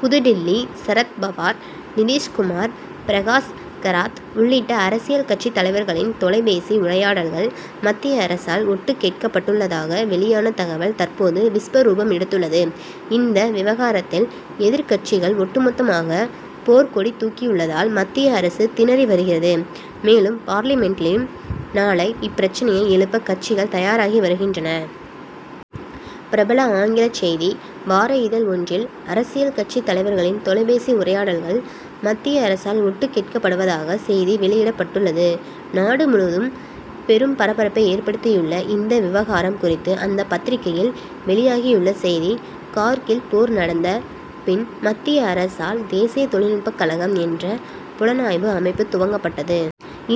புதுடில்லி சரத் பவார், நிதிஷ் குமார், பிரகாஷ் கராத் உள்ளிட்ட அரசியல் கட்சி தலைவர்களின் தொலைபேசி உரையாடல்கள் மத்திய அரசால் ஒட்டு கேட்கப்பட்டுள்ளதாக வெளியான தகவல் தற்போது விஸ்வரூபம் எடுத்துள்ளது. இந்த விவகாரத்தில் எதிர்க்கட்சிகள் ஒட்டுமொத்தமாக போர்க்கொடி தூக்கியுள்ளதால் மத்திய அரசு திணறி வருகிறது. மேலும் பார்லிமென்டிலும் நாளை இப்பிரச்னையை எழுப்ப கட்சிகள் தயாராகி வருகின்றன. பிரபல ஆங்கில செய்தி வார இதழ் ஒன்றில் அரசியல் கட்சி தலைவர்களின் தொலைபேசி உரையாடல்கள் மத்திய அரசால் ஒட்டு கேட்கப்படுவதாக செய்தி வெளியிடப்பட்டுள்ளது. நாடு முழுவதும் பெரும் பரபரப்பை ஏற்படுத்தியுள்ள இந்த விவகாரம் குறித்து அந்த பத்திரிகையில் வெளியாகியுள்ள செய்தி:கார்கில் போர் நடந்த பின் மத்திய அரசால் தேசிய தொழில்நுட்பக் கழகம் என்ற புலனாய்வு அமைப்பு துவங்கப்பட்டது.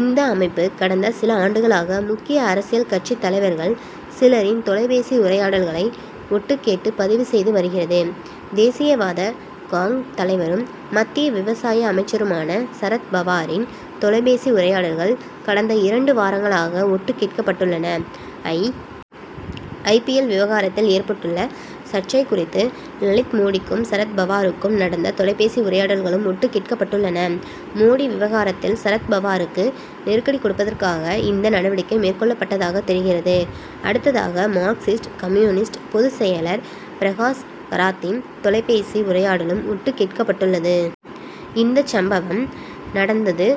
இந்த அமைப்பு கடந்த சில ஆண்டுகளாக முக்கிய அரசியல் கட்சித் தலைவர்கள் சிலரின் தொலைபேசி உரையாடல்களை ஒட்டுக் கேட்டு பதிவு செய்து வருகிறது. தேசியவாத காங். தலைவரும் மத்திய விவசாய அமைச்சருமான சரத் பவாரின் தொலைபேசி உரையாடல்கள் கடந்த இரண்டு வாரங்களாக ஒட்டு கேட்கப்பட்டுள்ளன. ஐ. பி. எல் விவகாரத்தில் ஏற்பட்டுள்ள சர்ச்சை குறித்து லலித் மோடிக்கும் சரத் பவாருக்கும் நடந்த தொலைபேசி உரையாடல்களும் ஒட்டு கேட்கப்பட்டுள்ளன. மோடி விவகாரத்தில் சரத் பவாருக்கு நெருக்கடி கொடுப்பதற்காக இந்த நடவடிக்கை மேற்கொள்ளப்பட்டதாக தெரிகிறது. அடுத்ததாக மார்க்சிஸ்ட் கம்யூனிஸ்ட் பொதுச் செயலர் பிரகாஷ் கராத்தின் தொலைபேசி உரையாடலும் ஒட்டு கேட்கப்பட்டுள்ளது. இந்த சம்பவம் நடந்தது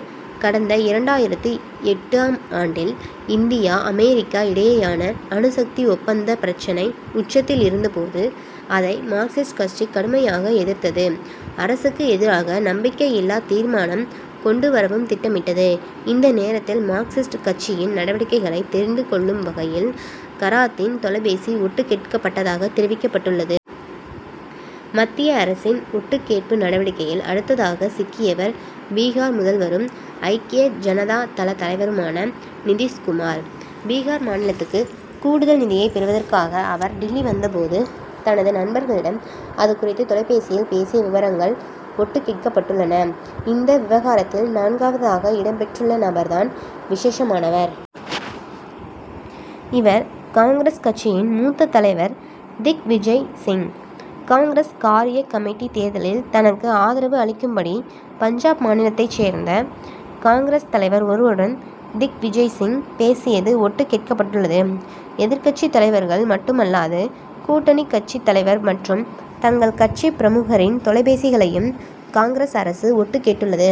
கடந்த இரண்டாயிரத்து எட்டு ஆம் ஆண்டில். இந்தியா அமெரிக்கா இடையேயான அணுசக்தி ஒப்பந்த பிரச்னை உச்சத்தில் இருந்தபோது அதை மார்க்சிஸ்ட் கட்சி கடுமையாக எதிர்த்தது. அரசுக்கு எதிராக நம்பிக்கையில்லா தீர்மானம் கொண்டு வரவும் திட்டமிட்டது. இந்த நேரத்தில் மார்க்சிஸ்ட் கட்சியின் நடவடிக்கைகளை தெரிந்து கொள்ளும் வகையில் கராத்தின் தொலைபேசி ஒட்டு கேட்கப்பட்டதாக தெரிவிக்கப்பட்டுள்ளது. மத்திய அரசின் ஒட்டு கேட்பு நடவடிக்கையில் அடுத்ததாக சிக்கியவர் பீகார் முதல்வரும் ஐக்கிய ஜனதா தள தலைவருமான நிதிஷ் குமார். பீகார் மாநிலத்துக்கு கூடுதல் நிதியை பெறுவதற்காக அவர் டில்லி வந்தபோது தனது நண்பர்களிடம் அது குறித்து தொலைபேசியில் பேசிய விவரங்கள் ஒட்டுக் கேட்கப்பட்டுள்ளன. இந்த விவகாரத்தில் நான்காவதாக இடம் பெற்றுள்ள நபர் தான் விசேஷமானவர். இவர் காங்கிரஸ் கட்சியின் மூத்த தலைவர் திக்விஜய் சிங். காங்கிரஸ் காரிய கமிட்டி தேர்தலில் தனக்கு ஆதரவு அளிக்கும்படி, பஞ்சாப் மாநிலத்தை சேர்ந்த காங்கிரஸ் தலைவர் ஒருவருடன் திக்விஜய்சிங் பேசியது ஒட்டு கேட்கப்பட்டுள்ளது. எதிர்க்கட்சி தலைவர்கள் மட்டுமல்லாது கூட்டணி கட்சித் தலைவர் மற்றும் தங்கள் கட்சி பிரமுகரின் தொலைபேசிகளையும், காங்கிரஸ் அரசு ஒட்டு கேட்டுள்ளது,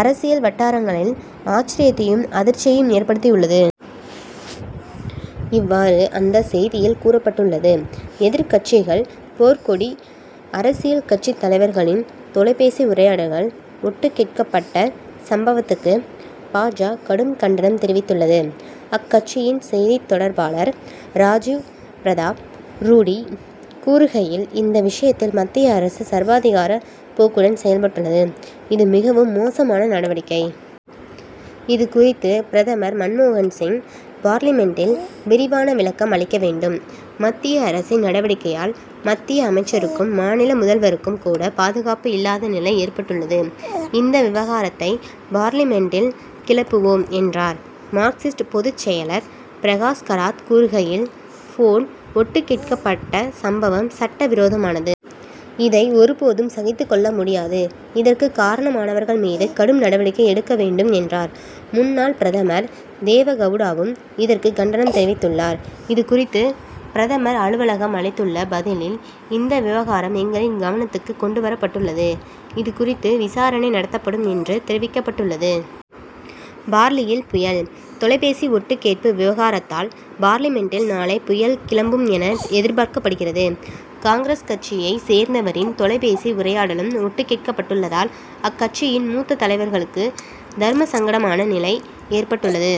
அரசியல் வட்டாரங்களில் ஆச்சரியத்தையும் அதிர்ச்சியையும் ஏற்படுத்தியுள்ளது. இவ்வாறு அந்த செய்தியில் கூறப்பட்டுள்ளது. எதிர்க்கட்சிகள் போர்க்கொடி:அரசியல் கட்சித் தலைவர்களின் தொலைபேசி உரையாடல்கள் ஒட்டு கேட்கப்பட்ட சம்பவத்துக்கு பா. ஜ. கடும் கண்டனம் தெரிவித்துள்ளது. அக்கட்சியின் செய்தித் தொடர்பாளர் ராஜிவ் பிரதாப் ரூடி கூறுகையில் இந்த விஷயத்தில் மத்திய அரசு சர்வாதிகார போக்குடன் செயல்பட்டுள்ளது. இது மிகவும் மோசமான நடவடிக்கை. இதுகுறித்து பிரதமர் மன்மோகன் சிங் பார்லிமென்டில் விரிவான விளக்கம் அளிக்க வேண்டும். மத்திய அரசின் நடவடிக்கையால் மத்திய அமைச்சருக்கும் மாநில முதல்வருக்கும் கூட பாதுகாப்பு இல்லாத நிலை ஏற்பட்டுள்ளது. இந்த விவகாரத்தை பார்லிமென்டில் கிளப்புவோம் என்றார். மார்க்சிஸ்ட் பொதுச் செயலர் பிரகாஷ் கராத் கூறுகையில் போன் ஒட்டு கேட்கப்பட்ட சம்பவம் சட்ட விரோதமானது. இதை ஒருபோதும் சகித்துக் கொள்ள முடியாது. இதற்கு காரணமானவர்கள் மீது கடும் நடவடிக்கை எடுக்க வேண்டும் என்றார். முன்னாள் பிரதமர் தேவகவுடாவும் இதற்கு கண்டனம் தெரிவித்துள்ளார். இதுகுறித்து பிரதமர் அலுவலகம் அளித்துள்ள பதிலில் இந்த விவகாரம் எங்களின் கவனத்துக்கு கொண்டு வரப்பட்டுள்ளது. இதுகுறித்து விசாரணை நடத்தப்படும் என்று தெரிவிக்கப்பட்டுள்ளது. பார்லியில் புயல்? தொலைபேசி ஒட்டு கேட்பு விவகாரத்தால் பார்லிமென்டில் நாளை புயல் கிளம்பும் என எதிர்பார்க்கப்படுகிறது. காங்கிரஸ் கட்சியைச் சேர்ந்தவரின் தொலைபேசி உரையாடலும் ஒட்டு கேட்கப்பட்டுள்ளதால் அக்கட்சியின் மூத்த தலைவர்களுக்கு தர்மசங்கடமான நிலை ஏற்பட்டுள்ளது.